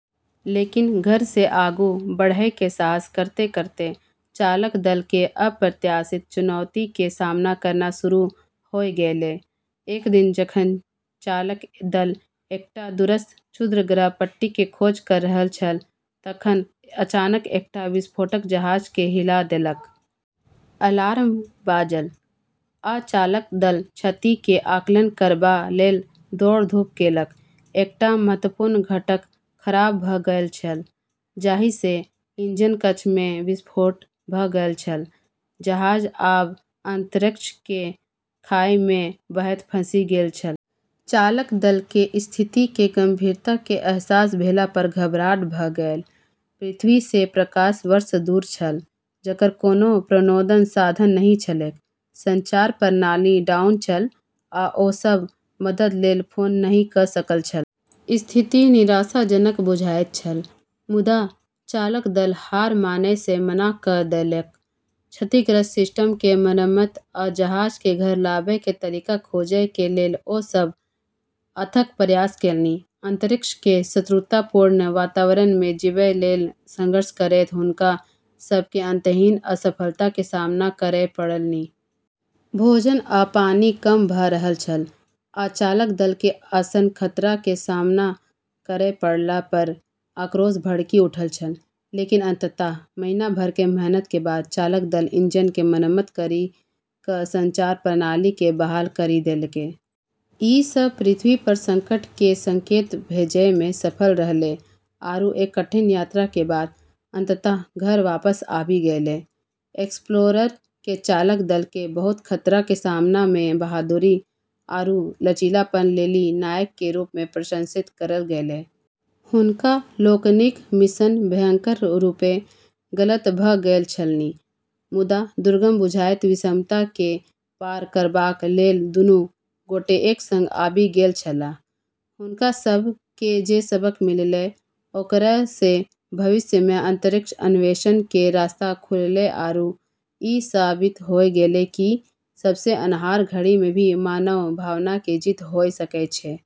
लेकिन घर से आगू बढ़ै के साहस करतें करतें चालक दल के अप्रत्याशित चुनौती के सामना करना शुरू होय गेलै। एक दिन जखन चालक दल एकटा दूरस्थ क्षुद्रग्रह पट्टी के खोज कर रहल छल तखन अचानक एकटा विस्फोट जहाज के हिला देलक। अलार्म बाजल, आ चालक दल क्षति के आकलन करबा लेल दौड़ धूप केलक। एकटा महत्वपूर्ण घटक खराब भ गेल छल, जाहि से इंजन कक्ष में विस्फोट भ गेल छल। जहाज आब अंतरिक्ष के खाई में बहैत फँसि गेल छल। चालक दल के स्थिति के गंभीरता के अहसास भेला पर घबराहट भ गेल। पृथ्वी से प्रकाश वर्ष दूर छल, जकर कोनो प्रणोदन साधन नहि छलैक। संचार प्रणाली डाउन छल, आ ओ सब मदद लेल फोन नहि क सकल छल। स्थिति निराशाजनक बुझाइत छल। मुदा चालक दल हार मानय से मना क देलक। क्षतिग्रस्त सिस्टम के मरम्मत आ जहाज के घर लाबय के तरीका खोजय के लेल ओ सब अथक प्रयास केलनि। अंतरिक्ष के शत्रुतापूर्ण वातावरण में जीबय लेल संघर्ष करैत हुनका सब के अंतहीन असफलता के सामना करय पड़लनि। भोजन आ पानि कम भ रहल छल, आ चालक दल के आसन्न खतरा के सामना करय पड़ला पर आक्रोश भड़कि उठल छल। लेकिन अंततः महीना भर के मेहनत के बाद चालक दल इंजन के मरम्मत करी क संचार प्रणाली के बहाल करी देलकै। ई सब पृथ्वी पर संकट के संकेत भेजै में सफल रहलै आरू एक कठिन यात्रा के बाद अंततः घर वापस आबी गेलै। एक्सप्लोरर के चालक दल के बहुत खतरा के सामना में बहादुरी आरू लचीलापन लेली नायक के रूप में प्रशंसित करल गेलै। हुनका लोकनिक मिशन भयंकर रूपे गलत भ गेल छलनि, मुदा दुर्गम बुझाइत विषमता के पार करबाक लेल दुनू गोटे एक संग आबि गेल छलाह। हुनका सब के जे सबक मिललै, ओकरा से भविष्य में अंतरिक्ष अन्वेषण के रास्ता खुललै आरू ई साबित होय गेलै कि सबसे अन्हार घड़ी में भी मानव भावना के जीत होय सकै छै।